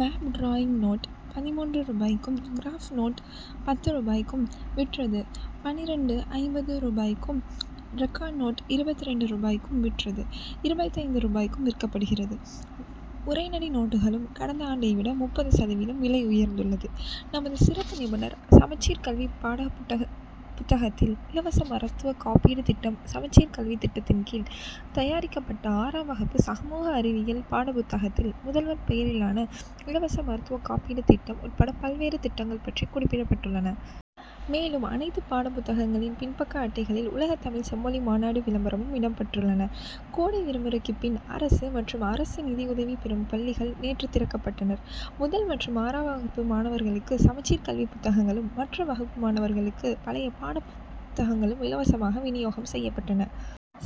Map drawing note, பதின்மூன்று ரூபாய்க்கும், graph note, பத்து ரூபாய்க்கு விற்றது பன்னிரண்டு.ஐம்பது ரூபாய்க்கும், ரெக்கார்டு நோட்டு, இருபத்திரண்டு ரூபாய்க்கு விற்றது இருபத்தைந்து ரூபாய்க்கும் விற்கப்படுகின்றன. உரைநடை நோட்டுகளும், கடந்த ஆண்டை விட முப்பது சதவீதம் விலை உயர்ந்துள்ளது. நமது சிறப்பு நிருபர் சமச்சீர் கல்வி பாடப்புத்தகத்தில் இலவச மருத்துவ காப்பீட்டு திட்டம் சமச்சீர் கல்வி திட்டத்தின் கீழ், தயாரிக்கப்பட்ட ஆறாம் வகுப்பு சமூக அறிவியல் பாடப்புத்தகத்தில், முதல்வர் பெயரிலான இலவச மருத்துவ காப்பீட்டு திட்டம் உட்பட பல்வேறு திட்டங்கள் பற்றி குறிப்பிடப்பட்டுள்ளன. மேலும், அனைத்து பாடப் புத்தகங்களின் பின்பக்க அட்டைகளில், உலக தமிழ் செம்மொழி மாநாட்டு விளம்பரமும் இடம் பெற்றுள்ளன. கோடை விடுமுறைக்கு பின், அரசு மற்றும் அரசு நிதியுதவி பெறும் பள்ளிகள் நேற்று திறக்கப்பட்டன. முதல் மற்றும் ஆறாம் வகுப்பு மாணவர்களுக்கு, சமச்சீர் கல்வி புத்தகங்களும், மற்ற வகுப்பு மாணவர்களுக்கு பழைய பாடப் புத்தகங்களும் இலவசமாக வினியோகம் செய்யப்பட்டன.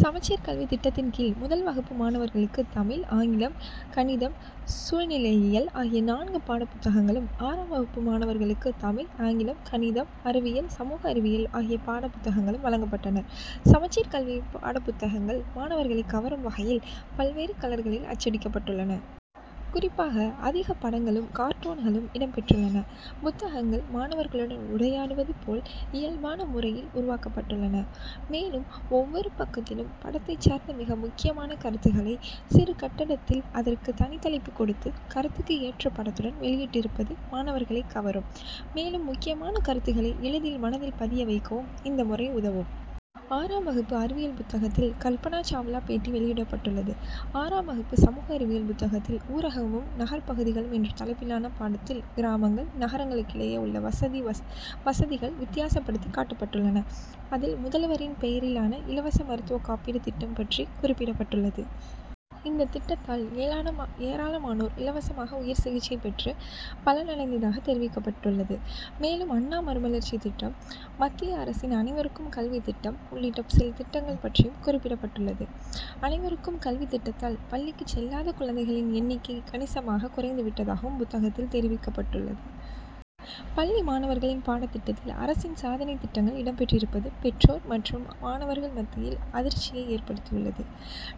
சமச்சீர் கல்வி திட்டத்தின் கீழ், முதல் வகுப்பு மாணவர்களுக்கு தமிழ், ஆங்கிலம், கணிதம், சூழ்நிலையியல் ஆகிய நான்கு பாடப் புத்தகங்களும், ஆறாம் வகுப்பு மாணவர்களுக்கு தமிழ், ஆங்கிலம், கணிதம், அறிவியல், சமூக அறிவியல் ஆகிய பாடப் புத்தகங்களும் வழங்கப்பட்டன. சமச்சீர் கல்வி பாடப் புத்தகங்கள், மாணவர்களை கவரும் வகையில், பல்வேறு கலர்களில் அச்சடிக்கப்பட்டுள்ளன. குறிப்பாக, அதிக படங்களும், கார்ட்டூன்களும் இடம் பெற்றுள்ளன. புத்தகங்கள், மாணவர்களுடன் உரையாடுவது போல், இயல்பான முறையில் உருவாக்கப்பட்டுள்ளன. மேலும், ஒவ்வொரு பக்கத்திலும், பாடத்தைச் சார்ந்த மிக முக்கியமான கருத்துக்களை, சிறு கட்டத்தில் அதற்கு தனிதலைப்பு கொடுத்து, கருத்துக்கு ஏற்ற படத்துடன் வெளியிட்டிருப்பது மாணவர்களைக் கவரும். மேலும், முக்கியமான கருத்துக்களை எளிதில் மனதில் பதிய வைக்கவும், இந்த முறை உதவும். ஆறாம் வகுப்பு அறிவியல் புத்தகத்தில், கல்பனா சாவ்லா பேட்டி வெளியிடப்பட்டுள்ளது. ஆறாம் வகுப்பு சமூக அறிவியல் புத்தகத்தில், ஊரகமும் நகர்பகுதிகளும்' என்ற தலைப்பிலான பாடத்தில், கிராமங்கள், நகரங்களுக்கிடையே உள்ள வசதிகள் வித்தியாசப்படுத்தி காட்டப்பட்டுள்ளன. அதில், முதல்வரின் பெயரிலான இலவச மருத்துவ காப்பீட்டு திட்டம் பற்றி குறிப்பிடப்பட்டுள்ளது. இந்த திட்டத்தால், ஏராளமானோர் இலவசமாக உயர் சிகிச்சை பெற்று பலனடைந்ததாக தெரிவிக்கப்பட்டுள்ளது. மேலும், அண்ணா மறுமலர்ச்சி திட்டம், மத்திய அரசின் அனைவருக்கும் கல்வி திட்டம் உள்ளிட்ட சில திட்டங்கள் பற்றியும் குறிப்பிடப்பட்டுள்ளது. அனைவருக்கும் கல்வி திட்டத்தால், பள்ளிக்கு செல்லாத குழந்தைகளின் எண்ணிக்கை கணிசமாக குறைந்து விட்டதாகவும், புத்தகத்தில் தெரிவிக்கப்பட்டுள்ளது. பள்ளி மாணவர்களின் பாடத் திட்டத்தில் அரசின் சாதனை திட்டங்கள் இடம்பெற்றிருப்பது பெற்றோர் மற்றும் மாணவர்கள் மத்தியில் அதிர்ச்சியை ஏற்படுத்தியுள்ளது.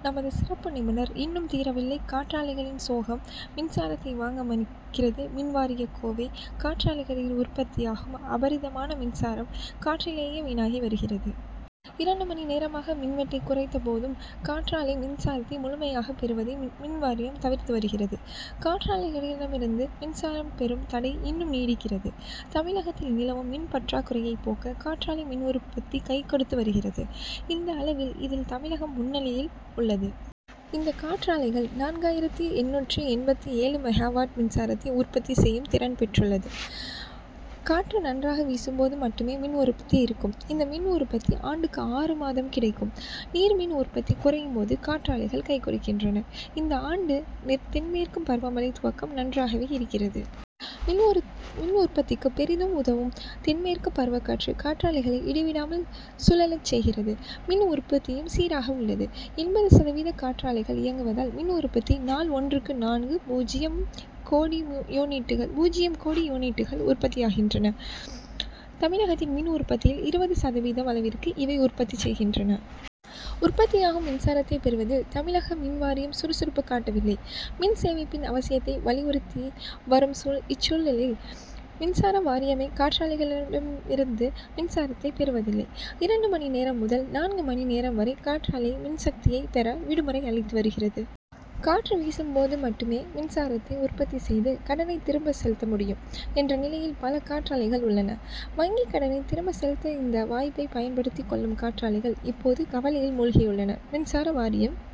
நமது சிறப்பு நிருபர் இன்னும் தீரவில்லை காற்றாலைகளின் சோகம் மின்சாரத்தை வாங்க மறுக்கிறது மின்வாரியம் கோவை காற்றாலைகளில் உற்பத்தியாகும் அபரிமிதமான மின்சாரம், காற்றிலேயே வீணாகி வருகிறது. இரண்டு மணி நேரமாக மின்வெட்டை குறைத்தபோதும், காற்றாலை மின்சாரத்தை முழுமையாக பெறுவதை மின்வாரியம் தவிர்த்து வருகிறது. காற்றாலைகளிடம் இருந்து மின்சாரம் பெறும் தடை இன்னும் நீடிக்கிறது. தமிழகத்தில் நிலவும் மின் பற்றாக்குறையை போக்க காற்றாலை மின் உற்பத்தி கைகொடுத்து வருகிறது. இந்திய அளவில், இதில் தமிழகம் முன்னணியில் உள்ளது. இந்த காற்றாலைகள், நான்காயிரத்து எண்ணூற்று எண்பத்து ஏழு மெகாவாட் மின்சாரத்தை உற்பத்தி செய்யும் திறன் பெற்றுள்ளன. காற்று நன்றாக வீசும்போது மட்டுமே மின் உற்பத்தி இருக்கும். இந்த மின் உற்பத்தி ஆண்டுக்கு ஆறுமாதம் கிடைக்கும். நீர்மின் உற்பத்தி குறையும்போது, காற்றாலைகள் கைகொடுக்கின்றன. இந்த ஆண்டு தென்மேற்கு பருவமழை துவக்கம் நன்றாகவே இருக்கிறது. மின் உற்பத்திக்கு பெரிதும் உதவும் தென்மேற்கு பருவக்காற்று, காற்றாலைகளை இடைவிடாமல் சுழலச் செய்கிறது. மின் உற்பத்தியும் சீராக உள்ளது. எண்பது சதவீத காற்றாலைகள் இயங்குவதால், மின் உற்பத்தி நாள் ஒன்றுக்கு நான்கு.பூஜ்ஜியம் கோடி யூனிட்டுகள் உற்பத்தியாகின்றன. தமிழகத்தின் மின் உற்பத்தியில் இருபது சதவீதம் அளவிற்கு இவை உற்பத்தி செய்கின்றன. உற்பத்தியாகும் மின்சாரத்தை பெறுவதில் தமிழக மின்வாரியம் சுறுசுறுப்பு காட்டவில்லை. மின் சேமிப்பின் அவசியத்தை வலியுறுத்தி வரும் இச்சூழ்நிலையில், மின்சார வாரியமே காற்றாலைகளிடம் இருந்து மின்சாரத்தை பெறுவதில்லை. இரண்டு மணி நேரம் முதல் நான்கு மணி நேரம் வரை காற்றாலை மின்சக்தியை பெற, விடுமுறை' அளித்து விடுகிறது. காற்று வீசும்போது மட்டுமே, மின்சாரத்தை உற்பத்திசெய்து, கடனை திரும்ப செலுத்த முடியும் என்ற நிலையில் பல காற்றாலைகள் உள்ளன. வங்கிக் கடனை திரும்ப செலுத்த இந்த வாய்ப்பை பயன்படுத்திக் கொள்ளும் காற்றாலைகள் இப்போது கவலையில் மூழ்கியுள்ளன. மின்சார வாரியம்,